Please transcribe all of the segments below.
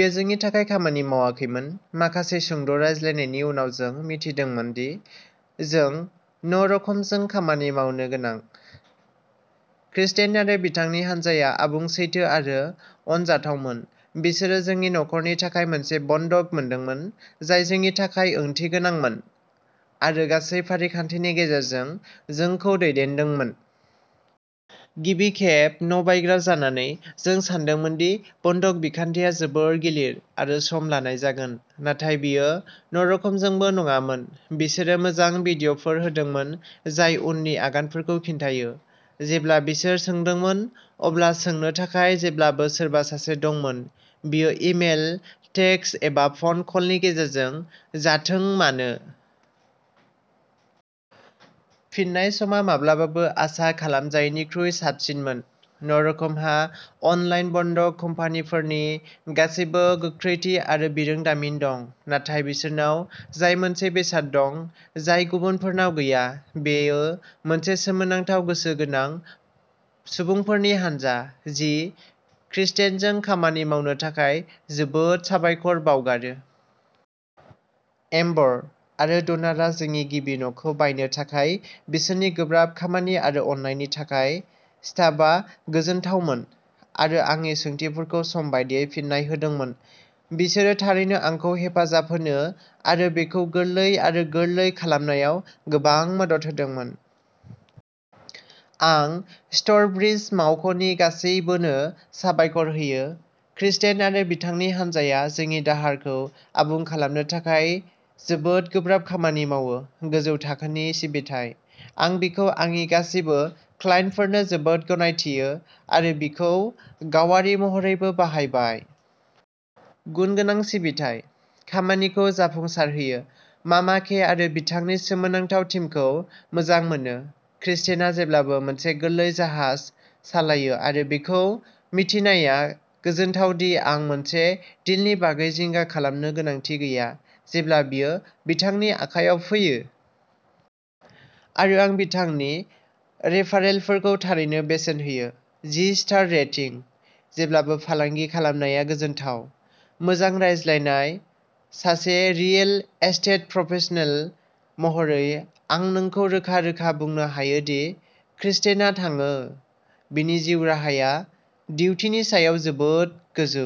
बेयो जोंनि थाखाय खामानि मावाखैमोन। माखासे सुंद'रायज्लायनायनि उनाव, जों मिथिदोंमोन दि जों न'रकमजों खामानि मावनो गोनां। क्रिस्टेन आरो बिथांनि हान्जाया आबुं, सैथो आरो अनजाथावमोन। बिसोरो जोंनि न'खरनि थाखाय मोनसे बन्दक मोनदोंमोन जाय जोंनि थाखाय ओंथिगोनांमोन आरो गासै फारिखान्थिनि गेजेरजों जोंखौ दैदेनदोंमोन। गिबि खेब न'बायग्रा जानानै, जों सान्दोंमोन दि बन्दक बिखान्थिया जोबोद गिलिर आरो सम लानाय जागोन, नाथाय बेयो न'रकमजोंबो नङामोन। बिसोरो मोजां भिडिय'फोर होदोंमोन जाय उननि आगानफोरखौ खिन्थायो। जेब्ला बिसोर सोंदोंमोन अब्ला सोंनो थाखाय जेब्लाबो सोरबा सासे दंमोन, बेयो इमेल, टेक्सट, एबा फ'न कलनि गेजेरजों जाथों मानो। फिननाय समा माब्लाबाबो आसा खालामजायैनिख्रुइ साबसिनमोन। न'रकमहा अनलाइन बन्दक कम्पानिफोरनि गासैबो गोख्रैथि आरो बिरोंदामिन दं, नाथाय बिसोरनाव जाय मोनसे बेसाद दं जाय गुबुनफोरनाव गैया, बेयो मोनसे सोमोनांथाव गोसो गोनां सुबुंफोरनि हानजा। जों क्रिस्टेनजों खामानि मावनो थाखाय जोबोद साबायखर बावगारो। एम्बर, आरो डनाआ जोंनि गिबि न'खौ बायनो थाखाय बिसोरनि गोब्राब खामानि आरो अननायनि थाखाय। स्टाफआ गोजोनथावमोन आरो आंनि सोंथिफोरखौ सम बादियै फिन्नाय होदोंमोन। बिसोरो थारैनो आंखौ हेफाजाब होनो आरो बेखौ गोरलै आरो गोरलै खालामनायाव गोबां मदद होदोंमोन। आं स्टर्ब्रिज मावख'नि गासिबोनो साबायखर होयो। क्रिस्टेन आरो बिथांनि हानजाया जोंनि दाहारखौ आबुं खालामनो थाखाय जोबोद गोब्राब खामानि मावो! गोजौ थाखोनि सिबिथाइ! आं बिखौ आंनि गासिबो क्लाइन्टफोरनो जोबोद गनायथियो आरो बिखौ गावारि महरैबो बाहायबाय। गुनगोनां सिबिथाइ! खामानिखौ जाफुंसारहोयो। मामा के आरो बिथांनि सोमोनांथाव टीमखौ मोजां मोनो! क्रिस्टेनआ जेब्लाबो मोनसे गोरलै जाहाज सालायो आरो बेखौ मिथिनाया गोजोनथाव दि आं मोनसे डिलनि बागै जिंगा खालामनो गोनांथि गैया, जेब्ला बेयो बिथांनि आखायाव फैयो। आरो आं बिथांनि रेफारेलफोरखौ थारैनो बेसेन होयो। जि स्टार रेटिं! जेब्लाबो फालांगि खालामनाया गोजोनथाव। मोजां रायज्लायनाय! सासे रियेल एस्टेट प्रफेसनेल महरै, आं नोंखौ रोखा रोखा बुंनो हायो दि क्रिस्टेनआ थाङो। बिनि जिउ राहायाव डिउटिनि सायाव जोबोद गोजौ।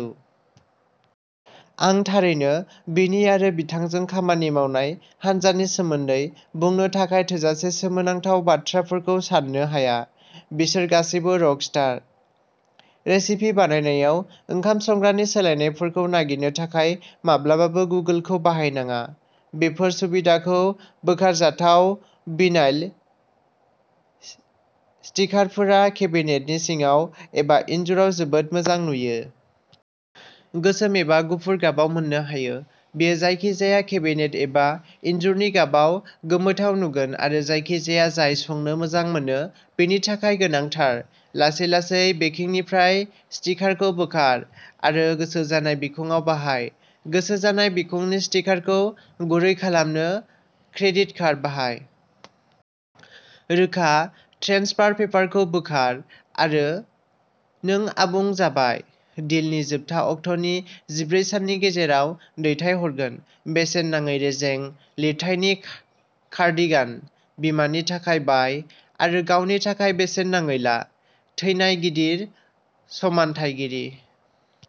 आं थारैनो बिनि आरो बिथांजों खामानि मावनाय हानजानि सोमोन्दै बुंनो थाखाय थोजासे सोमोनांथाव बाथ्राफोरखौ साननो हाया! बिसोर गासैबो रक स्टार! रेसिपि बानायनायाव ओंखाम संग्रानि सोलायनायफोरखौ नागिरनो थाखाय माब्लाबाबो गुगोलखौ बाहायनाङा! बेफोर सुबिदायै बोखारजाथाव भिनाइल स्टिकारफोरा केबिनेटनि सिङाव एबा इनजुराव जोबोद मोजां नुयो। गोसोम एबा गुफुर गाबाव मोननो हायो। बेयो जायखिजाया केबिनेट एबा इनजुरनि गाबाव गोमोथाव नुगोन आरो जायखिजाया जाय संनो मोजां मोनो, बिनि थाखाय गोनांथार! लासै-लासै बेकिंगनिफ्राय स्टिकारखौ बोखार आरो गोसो जानाय बिखंआव बाहाय। गोसो जानाय बिखंनि स्टिकारखौ गुरै खालामनो क्रेडिट कार्ड बाहाय। रोखा ट्रेन्सफार पेपारखौ बोखार आरो नों आबुं जाबाय! डीलनि जोबथा अक्ट'नि जिब्रै साननि गेजेराव दैथायहरगोन। बेसेन नाङै रेजें लिरथायनि कार्डिगान। बिमानि थाखाय बाय आरो गावनि थाखाय बेसेन नाङै ला। थैनाय, गिदिर समानथायगिरि,